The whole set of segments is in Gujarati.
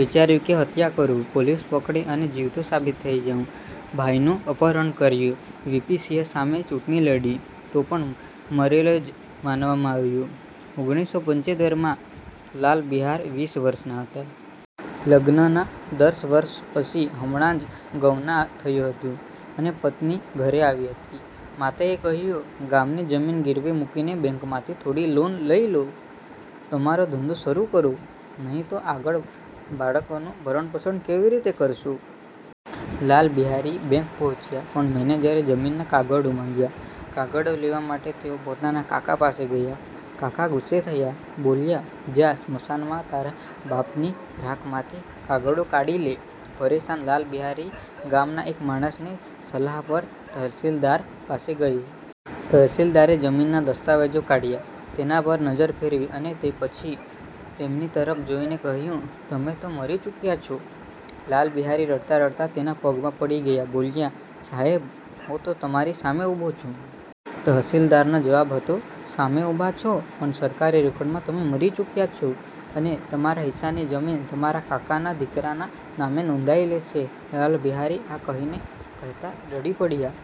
વિચાર્યું કે હત્યા કરું, પોલીસ પકડે અને જીવતો સાબિત થઈ જાઉં. ભાઈનું અપહરણ કર્યું, વીપી સિંહ સામે ચૂંટણી લડી, તો પણ મરેલો જ માનવામાં આવ્યો. ઓગરીસો પંચોતેર માં, લાલ બિહારી વીસ વર્ષના હતા. લગ્નના દસ વર્ષ પછી હમણાં જ ગવના થયું હતું, અને પત્ની ઘરે આવી હતી. માતાએ કહ્યું, "ગામની જમીન ગીરવે મૂકીને બેંકમાંથી થોડી લોન લઈ લો. તમારો ધંધો શરૂ કરો, નહીં તો આગળ બાળકોનું ભરણપોષણ કેવી રીતે કરશું?" લાલ બિહારી બેંક પહોંચ્યા, પણ મેનેજરે જમીનના કાગળો માંગ્યા. કાગળો લેવા માટે તેઓ પોતાના કાકા પાસે ગયા. કાકા ગુસ્સે થયા. બોલ્યા, "જા, સ્મશાનમાં તારા બાપની રાખમાંથી કાગળો કાઢી લે." પરેશાન લાલ બિહારી ગામના એક માણસની સલાહ પર તહસીલદાર પાસે ગયો. તહસીલદારે જમીનના દસ્તાવેજો કાઢ્યા, તેના પર નજર ફેરવી અને પછી તેમની તરફ જોઈને કહ્યું,"તમે તો મરી ચૂક્યા છો!" લાલ બિહારી રડતા-રડતા તેના પગમાં પડી ગયા, બોલ્યા, "સાહેબ, હું તો તમારી સામે ઊભો છું." તહસીલદારનો જવાબ હતો, "સામે ઊભા છો, પણ સરકારી રેકોર્ડમાં તમે મરી ચૂક્યા છો, અને તમારા હિસ્સાની જમીન તમારા કાકાના દીકરાના નામે નોંધાયેલી છે." લાલ બિહારી આ કહાની કહેતા રડી પડ્યા.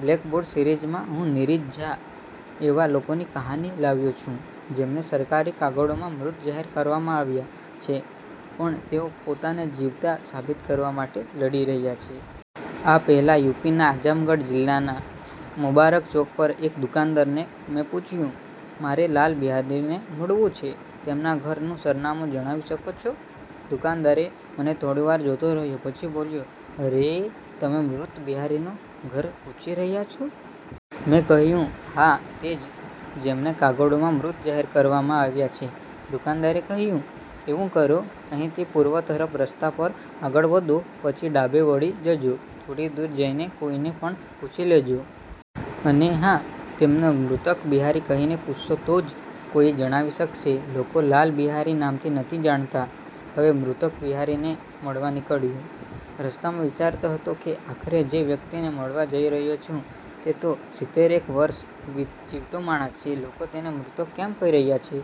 "બ્લેકબોર્ડ સિરીઝમાં હું નીરજ ઝા એવા લોકોની કહાની લાવ્યો છું, જેમને સરકારી કાગળોમાં મૃત જાહેર કરવામાં આવ્યા છે, પણ તેઓ પોતાને જીવતા સાબિત કરવા માટે લડી રહ્યા છે." આ પહેલાં, યુપીના આઝમગઢ જિલ્લાના મુબારક ચોક પર એક દુકાનદારને મેં પૂછ્યું, "મારે લાલ બિહારીને મળવું છે, તેમના ઘરનું સરનામું જણાવી શકો છો?" દુકાનદારે મને થોડીવાર જોતો રહ્યો, પછી બોલ્યો, "અરે! તમે 'મૃતક બિહારી' નું ઘર પૂછી રહ્યા છો?" મેં કહ્યું, "હા, તે જ જેમને કાગળોમાં મૃત જાહેર કરવામાં આવ્યા છે." દુકાનદારે કહ્યું,"એવું કરો, અહીંથી પૂર્વ તરફ રસ્તા પર આગળ વધો, પછી ડાબે વળી જજો. થોડે દૂર જઈને કોઈને પણ પૂછી લેજો. અને હા, તેમને 'મૃતક બિહારી' કહીને પૂછશો તો જ કોઈ જણાવી શકશે. લોકો 'લાલ બિહારી' નામથી નથી જાણતા." હવે 'મૃતક બિહારી' ને મળવા નીકળ્યો. રસ્તામાં વિચારતો હતો કે "આખરે જે વ્યક્તિને મળવા જઈ રહ્યો છું, તે તો સીતેર એક વર્ષ વી જીવતો માણસ છે, લોકો તેને 'મૃતક' કેમ કહી રહ્યા છે?"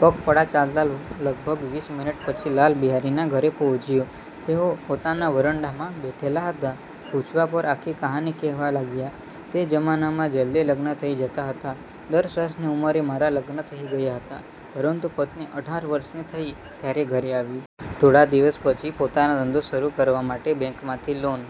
પગપાળા ચાલતા લગભગ વીસ મિનિટ પછી લાલ બિહારીના ઘરે પહોંચ્યો. તેઓ પોતાના વરંડામાં બેઠેલા હતા. પૂછવા પર આખી કહાની કહેવા લાગ્યા, "તે જમાનામાં જલ્દી લગ્ન થઈ જતા હતા. દર્શ વર્ષની ઉંમરે મારા લગ્ન થઈ ગયા હતા, પરંતુ પત્ની અઢાર વર્ષની થઈ, ત્યારે ઘરે આવી. થોડા દિવસ પછી પોતાનો ધંધો શરૂ કરવા માટે બેંકમાંથી લોન